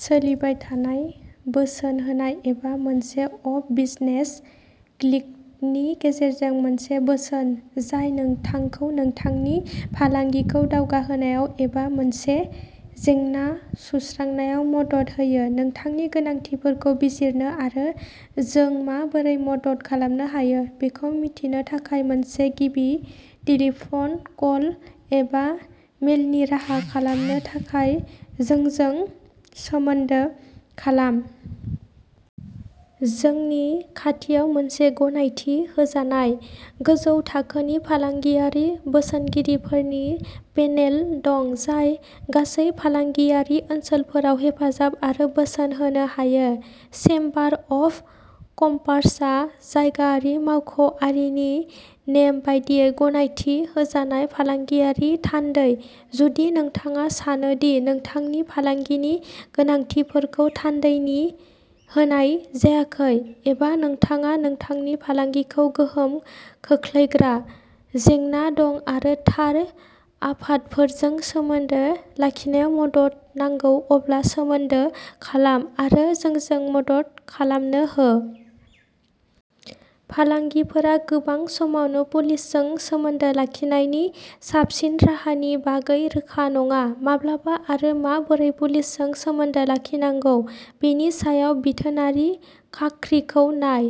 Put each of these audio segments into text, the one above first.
सोलिबाय थानाय बोसोन होनाय एबा मोनसे अफ बिजनेस क्लिनिकनि गेजेरजों मोनसे बोसोन, जाय नोंथांखौ नोंथांनि फालांगिखौ दावगाहोनायाव एबा मोनसे जेंना सुस्रांनायाव मदद होयो। नोंथांनि गोनांथिफोरखौ बिजिरनो आरो जों माबोरै मदद खालामनो हायो बेखौ मिथिनो थाखाय मोनसे गिबि टेलीफन कल एबा मेलनि राहा खालामनो थाखाय जोंजों सोमोन्दो खालाम। जोंनि खाथियाव मोनसे गनायथि होजानाय, गोजौ थाखोनि फालांगियारि बोसोनगिरिफोरनि पेनेल दं, जाय गासै फालांगियारि ओनसोलफोराव हेफाजाब आरो बोसोन होनो हायो। चेम्बार अफ कमार्सआ जायगायारि मावख'आरिनि नेम बायदियै गनायथि होजानाय फालांगियारि थान्दै। जुदि नोंथाङा सानो दि नोंथांनि फालांगिनि गोनांथिफोरखौ थान्दैथि होनाय जायाखै एबा नोंथाङा नोंथांनि फालांगिखौ गोहोम खोख्लैग्रा जेंना दङ' आरो थार आफादफोरजों सोमोन्दो लाखिनायाव मदद नांगौ, अब्ला सोमोन्दो खालाम आरो जोंखौ मदद खालामनो हो। फालांगिफोरा गोबां समावनो पुलिसजों सोमोन्दो लाखिनायनि साबसिन राहानि बागै रोखा नङा। 'माब्ला' आरो 'माबोरै' पुलिसजों सोमोन्दो लाखिनांगौ बेनि सायाव बिथोनारि खाख्रिखौ नाय।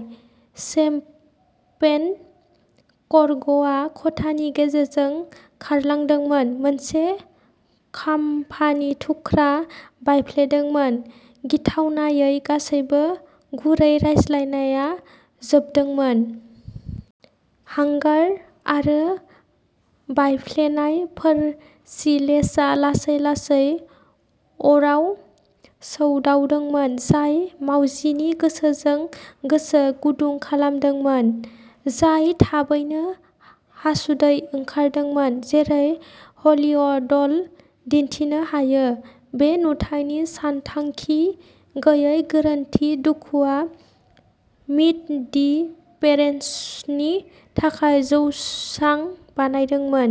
शैम्पेन कर्कआ खथानि गेजेरजों खारलांदोंमोन, मोनसे खामफानि थुख्रा बायफ्लेदोंमोन। गिथावनायै, गासैबो गुरै रायज्लायनाया जोबदोंमोन। हांगार आरो बायफ्लेनाय पोरसिलेनआ लासै लासै अराव सौदावदोंमोन, जाय मावजिनि गोसोजों गोसो गुदुं खालामदोंमोन, जाय थाबैनो हासुदै ओंखारदोंमोन। जेरै हलिउदल' दिन्थिनो हायो, बे नुथायनि सानथांखि गैयै गोरोन्थिनि दुखुआ मीट दि पेरेन्ट्सनि थाखाय जौसां बानायदोंमोन।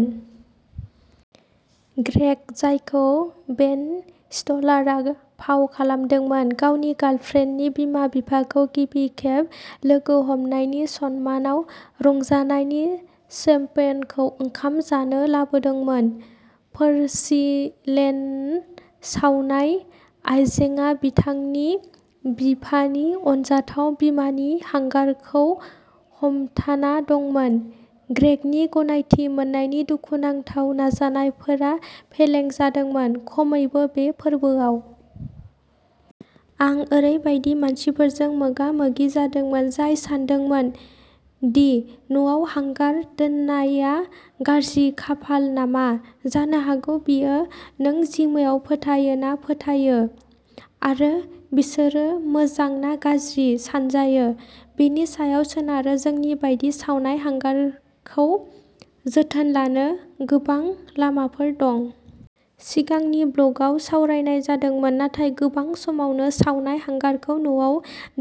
ग्रेग, जायखौ बेन स्टिलारआ फाव खालामदोंमोन, गावनि गार्लफ्रेन्डनि बिमा-बिफाखौ गिबि खेब लोगो हमनायनि सन्मानाव रंजानायनि शैम्पेनखौ ओंखाम जानो लाबोदोंमोन। पोरसिलेन सावनाय आयजेंआ बिथांनि बिफानि अनजाथाव बिमानि हांगारखौ हमथाना दंमोन। ग्रेगनि गनायथि मोन्नायनि दुखुनांथाव नाजानायफोरा फेलें जादोंमोन खमैबो बे फोरबोआव। आं ओरैबायदि मानसिफोरजों मोगामोगि जादोंमोन, जाय सानदोंमोन दि न'आव हांगार दोननाया गाज्रि खाफाल नामा। जानो हागौ बेयो नों जिउमायाव फोथायो ना फोथायो, आरो बिसोर मोजां ना गाज्रि सानजायो बेनि सायाव सोनारो। जोंनि बायदि सावनाय हांगारखौ जोथोन लानो गोबां लामाफोर दं। सिगांनि ब्लगआव सावरायनाय जादोंमोन। नाथाय गोबां समावनो, सावनाय हांगारखौ न'आव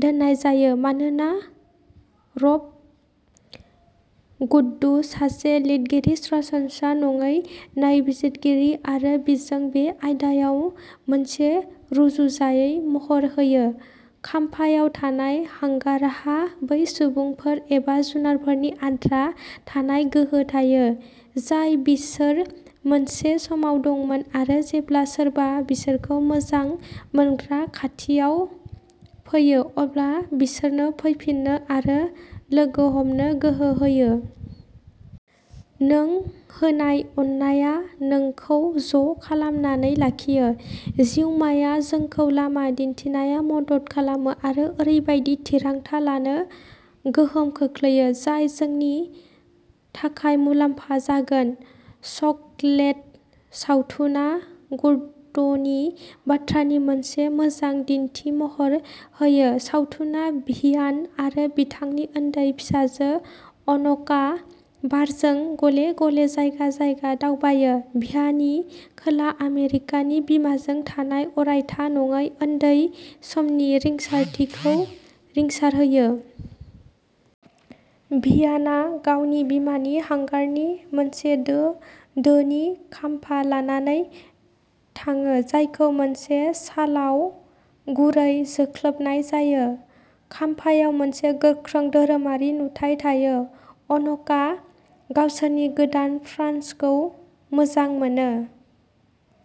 दोननाय जायो। मानो? रब गुट्रो, सासे लिरगिरि, सरासनस्रा नङै नायबिजिरगिरि आरो बिजों, बे आयदायाव मोनसे रुजुजायै महर होयो। खामफायाव थानाय हांगारहा बै सुबुंफोर एबा जुनारफोरनि आद्रा थानाय गोहो थायो, जाय बिसोर मोनसे समाव दंमोन आरो जेब्ला सोरबा बिसोरखौ मोजां मोनग्रा खाथियाव फैयो, अब्ला बिसोरनो फैफिननो आरो लोगो हमनो गोहो होयो। नों होनाय अननाया नोंखौ ज' खालामनानै लाखियो। जिउमाया जोंखौ लामा दिन्थिनायाव मदद खालामो आरो ओरैबायदि थिरांथा लानो गोहोम खोख्लैयो, जाय जोंनि थाखाय मुलाम्फा जागोन। चक'लेट सावथुना गुट्रोनि बाथ्रानि मोनसे मोजां दिन्थिमहर होयो। सावथुना भियान आरो बिथांनि उन्दै फिसाजो अन'कआ बारजों गले-गले जायगा-जायगा दावबायो, भियाननि खोला आमेरिकानि बिमाजों थानाय अरायथा नङै उन्दै समनि रिंसारथिखौ रिंसारहोयो। भियानआ गावनि बिमानि हांगारानि मोनसे दो दोनि खामफा लानानै थाङो, जायखौ मोनसे शालाव गुरैयै जोख्लोबनाय जायो। खामफायाव मोनसे गोख्रों धोरोमारि नुथाइ थायो। अन'कआ गावसोरनि गोदान फ्रेन्सखौ मोजां मोनो।